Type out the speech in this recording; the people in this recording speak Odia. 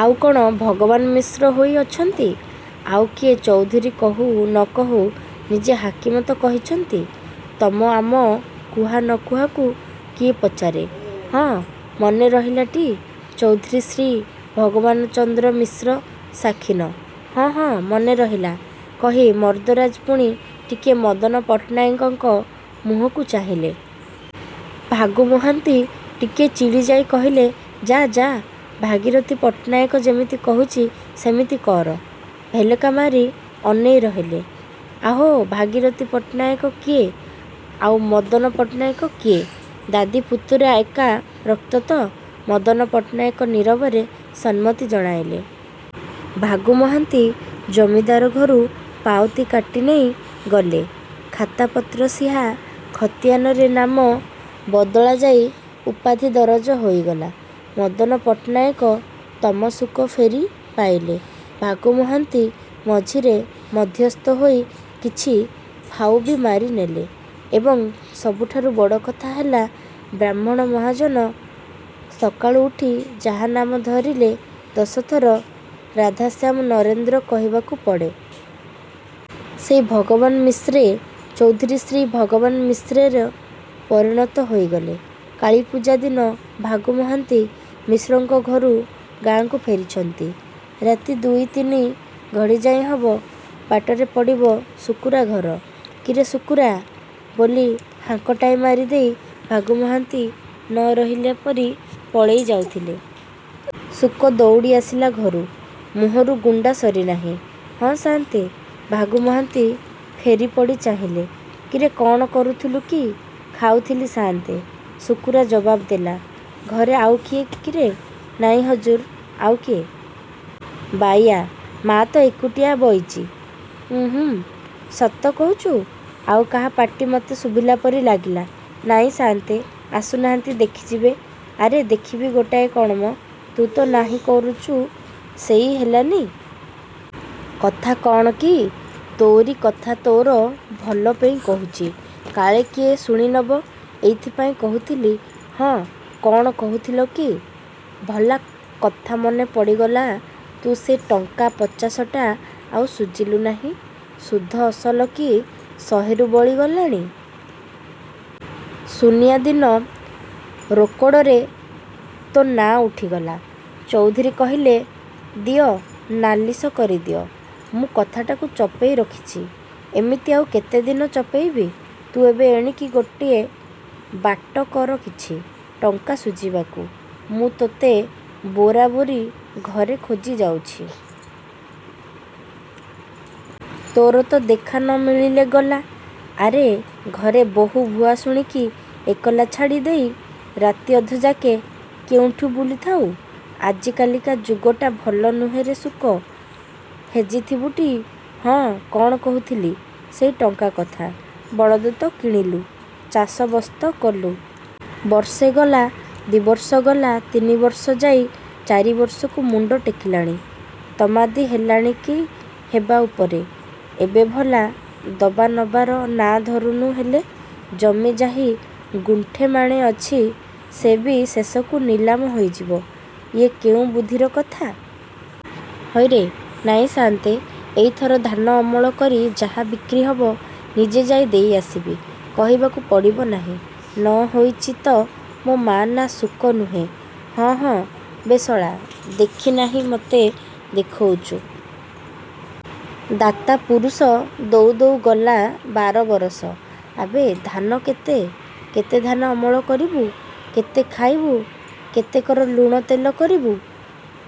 ଆଉ କ'ଣ ଭଗବାନ ମିଶ୍ର ହୋଇ ଅଛନ୍ତି। ଆଉ କିଏ ଚୌଧୁରୀ କୋହୁ ନ କୋହୁ ନିଜେ ହାକିମ ତ କହିଛନ୍ତି। ତମ ଆମ କୁହା ନକୁହାକୁ କିଏ ପଚାରେ ହଁ ମନେ ରହିଲାଟି ଚୌଧୁରୀ ଶ୍ରୀ ଭଗବାନଚନ୍ଦ୍ର ମିଶ୍ର ସାଖିନ। ''ହଁ, ହଁ, ମନେ ରହିଲା'' କହି, ମର୍ଦ୍ଦରାଜ ପୁଣି ଟିକିଏ ମଦନ ପଟ୍ଟନାୟକଙ୍କ ମୁହଁକୁ ଚାହିଁଲେ। ଭାଗୁ ମହାନ୍ତି ଟିକିଏ ଚିଡ଼ିଯାଇ କହିଲେ ଯାଃ ଯାଃ ଭାଗିରଥି ପଟ୍ଟନାୟକ ଯେମିତି କୋହୁଚି ସେମିତି କର ଭେଲକା ମାରି ଅନେଇ ରହିଲେ। ଆହୋ ଭାଗିରଥି ପଟ୍ଟନାୟକ କିଏ ଆଉ ମଦନ ପଟ୍ଟନାୟକ କିଏ? ଦାଦି ପୁତୁରା ଏକା ରକ୍ତ ତ। '' ମଦନ ପଟ୍ଟନାୟକ ନୀରବରେ ସମ୍ମତି ଜଣାଇଲେ। '' ଭାଗୁ ମହାନ୍ତି ଜମିଦାର ଘରୁ ପାଉତି କାଟି ନେଇ ଗଲେ। ଖାତା ପତ୍ର ସିହା ଖତିଆନରେ ନାମ ବଦଳା ଯାଇ ଉପାଧି ଦରଜ ହେଇଗଲା। ମଦନ ପଟ୍ଟନାୟକ ତମସୁକ ଫେରି ପାଇଲେ। ଭାଗୁ ମହାନ୍ତି ମଝିରେ ମଧ୍ୟସ୍ଥ ହୋଇ କିଛି ଫାଉବି ମାରିନେଲେ। ଏବଂ ସବୁଠାରୁ ବଡ଼ କଥା ହେଲା ବାହ୍ମୁଣ ମହାଜନ, ସକାଳୁ ଉଠି ଯାହା ନାମ ଧରିଲେ ଦଶ ଥର ରାଧାଶ୍ୟାମ ନରେନ୍ଦ୍ର କହିବାକୁ ପଡ଼େ। ସେଇ ଭଗବାନ ମିଶ୍ରେ ଚୌଧୁରୀ ଶ୍ରୀ ଭଗବାନ ମିଶ୍ରରେ ପରିଣତ ହୋଇଗଲେ। କାଳୀପୂଜା ଦିନ ଭାଗୁ ମହାନ୍ତି ମିଶ୍ରଙ୍କ ଘରୁ ଗାଁକୁ ଫେରିଛନ୍ତି। ରାତି ଦୁଇ ତିନି ଘଡ଼ିଯାଏଁ ହବ। ବାଟରେ ପଡ଼ିବ ଶୁକୁରା ଘର। ''କିରେ ଶୁକୁରା'' ବୋଲି ହାଙ୍କଟାଏ ମାରି ଦେଇ ଭାଗୁ ମହାନ୍ତି ନ ରହିଲା ପରି ପଳେଇ ଯାଉଥିଲେ। ଶୁକ ଦୌଉଡ଼ି ଆସିଲା ଘରୁ। ମୁହଁରୁ ଗୁଣ୍ଡା ସରି ନାହିଁ। ''ହଁ ସାଆନ୍ତେ! '' ଭାଗୁ ମହାନ୍ତି ଫେରିପଡ଼ି ଚାହିଁଲେ''କିରେ କ'ଣ କରୁଥିଲୁ କି? '' ''ଖାଉଥିଲି ସାଆନ୍ତେ। '' ଶୁକୁରା ଜବାବ ଦେଲା। ''ଘରେ ଆଉ କିଏ କିରେ? '' ''ନାଇଁ ହଜୁର ଆଉ କିଏ? ବାଇୟା ମା ତ ଏକୁଟିଆ ବଇଚି। '' ''ଉଁ ହୁଁ। ସତ କହୁଚୁ? ଆଉ କାହା ପାଟି ମୋତେ ଶୁଭିଲା ପରି ଲାଗିଲା। ''ନାଇଁ ସାଆନ୍ତେ। ଆସୁ ନାହାନ୍ତି ଦେଖିଯିବେ। '' ''ଆରେ ଦେଖିବି ଗୋଟାଏ କ'ଣ ମ? ତୁ ତ ନାହିଁ କରୁଚୁ ସେଇ ହେଲାନି? କଥା କ'ଣ କି ତୋରି କଥା ତୋର ଭଲ ପେଇଁ କୋହୁଚି କାଳେ କିଏ ଶୁଣି ନେବ। ଏଇଥିପାଇଁ କୋହୁଥିଲି। ହଁ କ'ଣ କୋହୁଥିଲକି ଭଲା କଥା ମନେ ପଡ଼ିଗଲା ତୁ ସେ ଟଙ୍କା ପଚାଶଟା ଆଉ ଶୁଝିଲୁ ନାହିଁ-। ସୁଧ ଅସଲକି ଶହେରୁ ବଳି ଗଲାଣି। ସୁନିଆ ଦିନ ରୋକଡ଼ରେ ତୋ ନାଆଁ ଉଠିଗଲା। ଚୌଧୁରୀ କହିଲେ 'ଦିଅ ନାଲିଶ କରିଦିଅ! ' ମୁଁ କଥାଟାକୁ ଚପେଇ ରଖିଛି। ଏମିତି ଆଉ କେତେଦିନ ଚପେଇବି? ତୁ ଏବେ ଏଣିକି ଗୋଟିଏ ବାଟ କର କିଛି, ଟଙ୍କା ଶୁଝିବାକୁ। ମୁଁ ତୋତେ ବୋରା ବୋରି ଘରେ ଖୋଜି ଯାଉଛି। ତୋରତ ଦେଖା ନ ମିଳିଲେ ଗଲା। ଆରେ, ଘରେ ବହୂ ଭୁଆସୁଣୀକି ଏକଲା ଛାଡ଼ି ଦେଇ ରାତିଅଧଯାକେ କେଉଁଠି ବୁଲୁଥାଉ? ଆଜିକାଲିକା ଯୁଗଟା ଭଲ ନୁହେଁରେ ଶୁକ। ହେଜିଥିବୁଟି! ହଁ, କ'ଣ କୋହୁଥିଲି? ସେଇ ଟଙ୍କା କଥା। ବଳଦ ତ କିଣିଲୁ। ଚାଷ ବସ୍ତ କଲୁ। ବର୍ଷେ ଗଲା, ଦି' ବର୍ଷ ଗଲା ତିନିବର୍ଷ ଯାଇ ଚାରିବର୍ଷକୁ ମୁଣ୍ଡ ଟେକିଲାଣି। ତମାଦି ହେଲାଣି କି ହେବା ଉପରେ। ଏବେ ଭଲା ଦବାନବାର ନାଁ ଧରୁନୁ ହେଲେ। ଜମି ଯାହି ଗୁଣ୍ଠେ ମାଣେ ଅଛି ସେ ବି ଶେଷକୁ ନିଲାମ ହୋଇ ଯିବ। ଇଏ କୋଉଁ ବୁଦ୍ଧିର କଥା! ହଇରେ! '' ''ନାଇଁ ସାଆନ୍ତେ, ଏଇଥର ଧାନ ଅମଳ କରି ଯାହା ବିକ୍ରିହବ ନିଜେ ଯାଇ ଦେଇ ଆସିବି କହିବାକୁ ପଡ଼ିବ ନାହିଁ ନ ହୋଇଚି ତ ମୋ ନାଆଁ ଶୁକ ନୁହେଁ। '' ହଁ, ହଁ ବେ ଶଳା, ଦେଖି ନାହିଁ ମୋତେ ଦେଖୋଉଚୁ। ଦାତା ପୁରୁଷ ଦୋଉ ଦୋଉ ଗଲା ବାରବରଷ। ଆବେ ଧାନ କେତେ? କେତେ ଧାନ ଅମଳ କରିବୁ? କେତେ ଖାଇବୁ? କେତେକର ଲୁଣ ତେଲ କରିବୁ?